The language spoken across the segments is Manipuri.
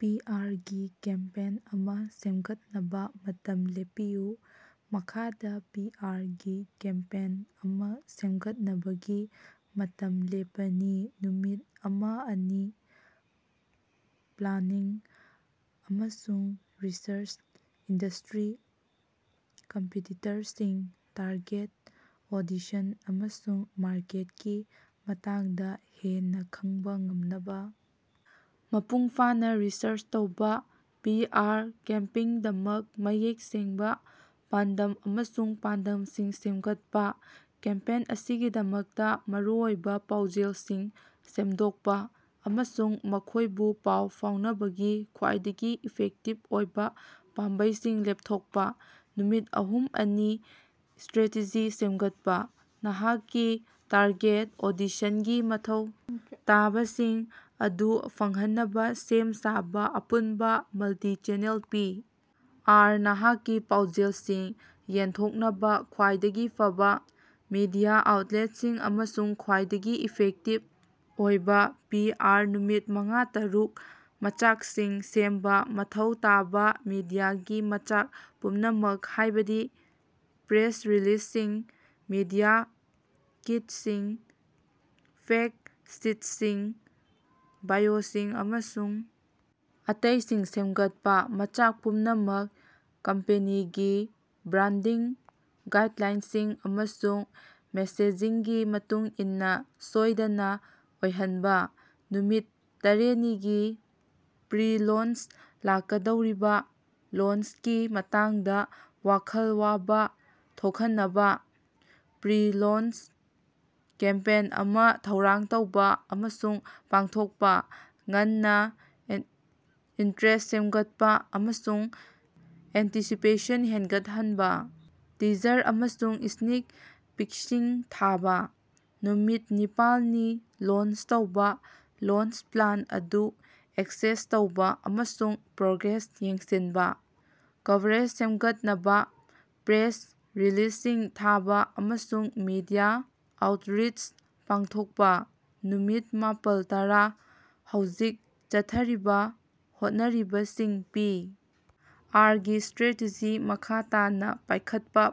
ꯄꯤ. ꯑꯥꯔ. ꯒꯤ ꯀꯦꯝꯄꯦꯟ ꯑꯃ ꯁꯦꯃꯒꯠꯅꯕ ꯃꯇꯝ ꯂꯦꯞꯄꯤꯌꯨ꯫ ꯃꯈꯥꯗ ꯄꯤ. ꯑꯥꯔ. ꯒꯤ ꯀꯦꯝꯄꯦꯟ ꯑꯃ ꯁꯦꯝꯒꯠꯅꯕꯒꯤ ꯃꯇꯝ ꯂꯦꯞꯄꯅꯤ: ꯅꯨꯃꯤꯠ ꯑꯃ ꯑꯅꯤ: ꯄ꯭ꯂꯥꯡꯅꯤꯡ ꯑꯃꯁꯨꯡ ꯔꯤꯁꯔꯆ ꯏꯟꯗꯁ꯭ꯇꯔꯤ, ꯀꯝꯄꯤꯇꯤꯇꯔꯁꯤꯡ, ꯇꯥꯔꯒꯦꯠ ꯑꯣꯗꯤꯁꯟ, ꯑꯃꯁꯨꯡ ꯃꯥꯔꯀꯦꯠꯀꯤ ꯃꯇꯥꯡꯗ ꯍꯦꯟꯅ ꯈꯪꯕ ꯉꯝꯅꯕ ꯃꯄꯨꯡ ꯐꯥꯅ ꯔꯤꯁꯔꯆ ꯇꯧꯕ꯫ ꯄꯤ ꯑꯥꯔ ꯀꯦꯝꯄꯦꯉꯤꯗꯃꯛ ꯃꯌꯦꯛ ꯁꯦꯡꯕ ꯄꯥꯟꯗꯝ ꯑꯃꯁꯨꯡ ꯄꯥꯟꯗꯝꯁꯤꯡ ꯁꯦꯝꯒꯠꯄ꯫ ꯀꯦꯝꯄꯦꯟ ꯑꯁꯤꯒꯤꯗꯃꯛꯇꯥ ꯃꯔꯨꯑꯣꯏꯕ ꯄꯥꯎꯖꯦꯜꯁꯤꯡ ꯁꯦꯝꯗꯣꯛꯄ ꯑꯃꯁꯨꯡ ꯃꯈꯣꯏꯕꯨ ꯄꯥꯎ ꯐꯥꯎꯅꯕꯒꯤ ꯈ꯭ꯋꯥꯏꯗꯒꯤ ꯏꯐꯦꯛꯇꯤꯕ ꯑꯣꯏꯕ ꯄꯥꯝꯕꯩꯁꯤꯡ ꯂꯦꯞꯊꯣꯛꯄ꯫ ꯅꯨꯃꯤꯠ ꯑꯍꯨꯝ ꯑꯅꯤ: ꯏꯁ꯭ꯇꯔꯦꯇꯦꯖꯤ ꯁꯦꯝꯒꯠꯄ ꯅꯍꯥꯛꯀꯤ ꯇꯥꯔꯒꯦꯠ ꯑꯣꯗꯤꯁꯟꯒꯤ ꯃꯊꯧ ꯇꯥꯕꯁꯤꯡ ꯑꯗꯨ ꯐꯪꯍꯟꯅꯕ ꯁꯦꯝ ꯁꯥꯕ ꯑꯄꯨꯟꯕ, ꯃꯜꯇꯤ-ꯆꯦꯅꯦꯜ ꯄꯤ. ꯑꯥꯔ. ꯅꯍꯥꯛꯀꯤ ꯄꯥꯎꯖꯦꯜꯁꯤꯡ ꯌꯦꯟꯊꯣꯛꯅꯕ ꯈ꯭ꯋꯥꯏꯗꯒꯤ ꯐꯕ ꯃꯤꯗꯤꯌꯥ ꯑꯥꯎꯠꯂꯦꯠꯁꯤꯡ ꯑꯃꯁꯨꯡ ꯈ꯭ꯋꯥꯏꯗꯒꯤ ꯏꯐꯦꯛꯇꯤꯕ ꯑꯣꯏꯕ ꯄꯤ. ꯑꯥꯔ. ꯅꯨꯃꯤꯠ ꯃꯉꯥ ꯇꯔꯨꯛ: ꯃꯆꯥꯛꯁꯤꯡ ꯁꯦꯝꯕ ꯃꯊꯧ ꯇꯥꯕ ꯃꯤꯗꯤꯌꯥꯒꯤ ꯃꯆꯥꯛ ꯄꯨꯝꯅꯃꯛ, ꯍꯥꯏꯕꯗꯤ ꯄ꯭ꯔꯦꯁ ꯔꯤꯂꯤꯖꯁꯤꯡ, ꯃꯤꯗꯤꯌꯥ ꯀꯤꯠꯁꯤꯡ, ꯐꯦꯛꯇ ꯁꯤꯠꯁꯤꯡ, ꯕꯥꯏꯑꯣꯁꯤꯡ, ꯑꯃꯁꯨꯡ ꯑꯇꯩꯁꯤꯡ ꯁꯦꯝꯒꯠꯄ꯫ ꯃꯆꯥꯛ ꯄꯨꯝꯅꯃꯛ ꯀꯝꯄꯦꯅꯤꯒꯤ ꯕ꯭ꯔꯥꯟꯗꯤꯡ ꯒꯥꯏꯗꯂꯥꯏꯟꯁꯤꯡ ꯑꯃꯁꯨꯡ ꯃꯦꯁꯦꯖꯤꯡꯒꯤ ꯃꯇꯨꯡ ꯏꯟꯅ ꯁꯣꯏꯗꯅ ꯑꯣꯏꯍꯟꯕ꯫ ꯅꯨꯃꯤꯠ ꯇꯔꯦꯅꯤꯅꯤ: ꯄ꯭ꯔꯤ-ꯂꯣꯟꯆ ꯂꯥꯛꯀꯗꯧꯔꯤꯕꯥ ꯂꯣꯟꯆꯀꯤ ꯃꯇꯥꯡꯗ ꯋꯥꯈꯜ ꯋꯥꯕ ꯊꯣꯛꯍꯟꯅꯕ ꯄ꯭ꯔꯤ-ꯂꯣꯟꯆ ꯀꯦꯝꯄꯦꯟ ꯑꯃ ꯊꯧꯔꯥꯡ ꯇꯧꯕ ꯑꯃꯁꯨꯡ ꯄꯥꯡꯊꯣꯛꯄ꯫ ꯉꯟꯅ ꯏꯟꯇꯔꯦꯁ ꯁꯦꯝꯒꯠꯅꯕ ꯑꯃꯁꯨꯡ ꯑꯦꯟꯇꯤꯁꯤꯄꯦꯁꯟ ꯍꯦꯟꯠꯍꯟꯅꯕ ꯇꯤꯖꯔ ꯑꯃꯁꯨꯡ ꯏꯁ꯭ꯅꯤꯛ ꯄꯤꯛꯁꯤꯡ ꯊꯥꯕ꯫ ꯅꯨꯃꯤꯠ ꯅꯤꯄꯥꯜꯅꯤ: ꯂꯣꯟꯆ ꯇꯧꯕ ꯂꯣꯟꯆ ꯄ꯭ꯂꯥꯟ ꯑꯗꯨ ꯑꯦꯛꯁꯦꯁ ꯇꯧꯕ ꯑꯃꯁꯨꯡ ꯄ꯭ꯔꯣꯒ꯭ꯔꯦꯁ ꯌꯦꯡꯁꯤꯟꯕ꯫ ꯀꯚꯔꯦꯖ ꯁꯦꯝꯒꯠꯅꯕ ꯄ꯭ꯔꯦꯁ ꯔꯤꯂꯤꯖꯁꯤꯡ ꯊꯥꯕ ꯑꯃꯁꯨꯡ ꯃꯤꯗꯤꯌꯥ ꯑꯥꯎꯠꯔꯤꯆ ꯄꯥꯡꯊꯣꯛꯄ꯫ ꯅꯨꯃꯤꯠ ꯃꯄꯥꯜ ꯇꯔꯥ: ꯍꯧꯖꯤꯛ ꯆꯠꯊꯔꯤꯕ ꯍꯣꯠꯅꯔꯤꯕꯁꯤꯡ ꯄꯤ. ꯑꯥꯔ. ꯒꯤ ꯏꯁ꯭ꯇꯔꯦꯇꯦꯖꯤ ꯃꯈꯥ ꯇꯥꯅ ꯄꯥꯏꯈꯠꯄ,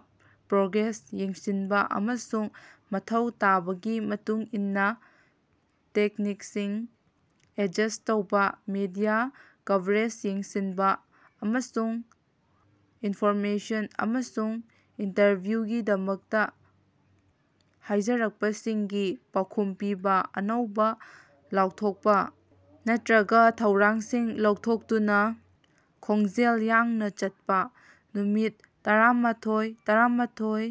ꯄ꯭ꯔꯣꯒ꯭ꯔꯦꯁ ꯌꯦꯡꯁꯤꯟꯕ, ꯑꯃꯁꯨꯡ ꯃꯊꯧ ꯇꯥꯕꯒꯤ ꯃꯇꯨꯡ ꯏꯟꯅ ꯇꯦꯛꯅꯤꯛꯁꯤꯡ ꯑꯦꯗꯖꯁ ꯇꯧꯕ꯫ ꯃꯤꯗꯤꯌꯥ ꯀꯚꯔꯦꯖ ꯌꯦꯡꯁꯤꯟꯕ ꯑꯃꯁꯨꯡ ꯏꯟꯟꯐꯣꯔꯃꯦꯁꯟ ꯑꯃꯁꯨꯡ ꯏꯟꯇꯔꯚ꯭ꯌꯨꯒꯤꯗꯃꯛꯇ ꯍꯥꯏꯖꯔꯛꯄꯁꯤꯡꯒꯤ ꯄꯥꯎꯈꯨꯝ ꯄꯤꯕ꯫ ꯑꯅꯧꯕ ꯂꯥꯎꯊꯣꯛꯄꯥ ꯅꯠꯇ꯭ꯔꯒꯥ ꯊꯧꯔꯥꯡꯁꯤꯡ ꯂꯧꯊꯣꯛꯇꯨꯅ ꯈꯣꯡꯖꯦꯜ ꯌꯥꯡꯅ ꯆꯠꯄ꯫ ꯅꯨꯃꯤꯠ ꯇꯔꯥꯥꯃꯊꯣꯏ ꯇꯔꯥꯃꯊꯣꯏ: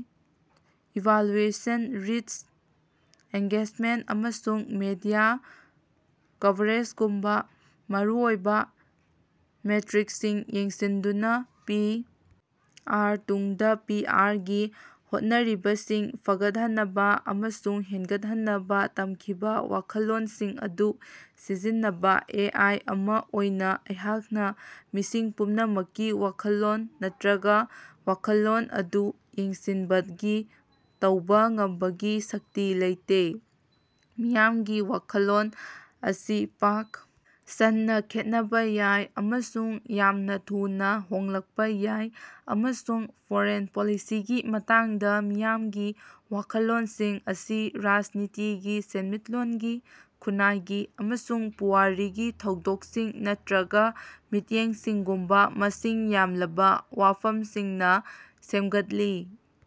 ꯏꯚꯥꯂꯨꯑꯦꯁꯟ ꯔꯤꯆ, ꯑꯦꯡꯒꯦꯖꯃꯦꯟꯇ, ꯑꯃꯁꯨꯡ ꯃꯤꯗꯤꯌꯥ ꯀꯚꯔꯦꯖꯒꯨꯝꯕ ꯃꯔꯨꯑꯣꯏꯕ ꯃꯦꯇꯔꯤꯀꯁꯤꯡ ꯌꯦꯡꯁꯤꯟꯗꯨꯅ ꯄꯤ. ꯑꯥꯔ. ꯇꯨꯡꯗ ꯄꯤ. ꯑꯥꯔ. ꯒꯤ ꯍꯣꯠꯅꯔꯤꯕꯁꯤꯡ ꯐꯒꯠꯍꯟꯅꯕ ꯑꯃꯁꯨꯡ ꯍꯦꯟꯒꯠꯍꯟꯅꯕ ꯇꯝꯈꯤꯕ ꯋꯥꯈꯜꯂꯣꯟꯁꯤꯡ ꯑꯗꯨ ꯁꯤꯖꯤꯟꯅꯕ꯫ ꯑꯦ. ꯑꯥꯏ. ꯑꯃ ꯑꯣꯏꯅ ꯑꯩꯍꯥꯛꯅ ꯃꯤꯁꯤꯡ ꯄꯨꯝꯅꯃꯛꯀꯤ ꯋꯥꯈꯜꯂꯣꯟ ꯅꯠꯇꯔꯒꯥ ꯋꯥꯈꯜꯂꯣꯟ ꯑꯗꯨ ꯌꯦꯡꯁꯤꯅꯕꯒꯤ ꯇꯧꯕꯥ ꯉꯝꯕꯒꯤ ꯁꯛꯇꯤ ꯂꯩꯇꯦ꯫ ꯃꯤꯌꯥꯝꯒꯤ ꯋꯥꯈꯜꯂꯣꯟ ꯑꯁꯤ ꯄꯥꯛ ꯁꯟꯅ ꯈꯦꯠꯅꯕ ꯌꯥꯏ ꯑꯃꯁꯨꯡ ꯌꯥꯝꯅ ꯊꯨꯅ ꯍꯣꯡꯂꯛꯄ ꯌꯥꯏ, ꯑꯃꯁꯨꯡ ꯐꯣꯔꯦꯟ ꯄꯣꯂꯤꯁꯤꯒꯤ ꯃꯇꯥꯡꯗ ꯃꯤꯌꯥꯝꯒꯤ ꯋꯥꯈꯜꯂꯣꯟꯁꯤꯡ ꯑꯁꯤ ꯔꯥꯖꯅꯤꯇꯤꯒꯤ, ꯁꯦꯟꯃꯤꯠꯂꯣꯟꯒꯤ, ꯈꯨꯟꯅꯥꯏꯒꯤ ꯑꯃꯁꯨꯡ ꯄꯨꯋꯥꯔꯤꯒꯤ ꯊꯧꯗꯣꯛꯁꯤꯡ ꯅꯠꯇꯔꯒꯥ ꯃꯤꯠꯌꯦꯡꯁꯤꯡꯒꯨꯝꯕ ꯃꯁꯤꯡ ꯌꯥꯝꯂꯕ ꯋꯥꯐꯝꯁꯤꯡꯅ ꯁꯦꯝꯒꯠꯂꯤ꯫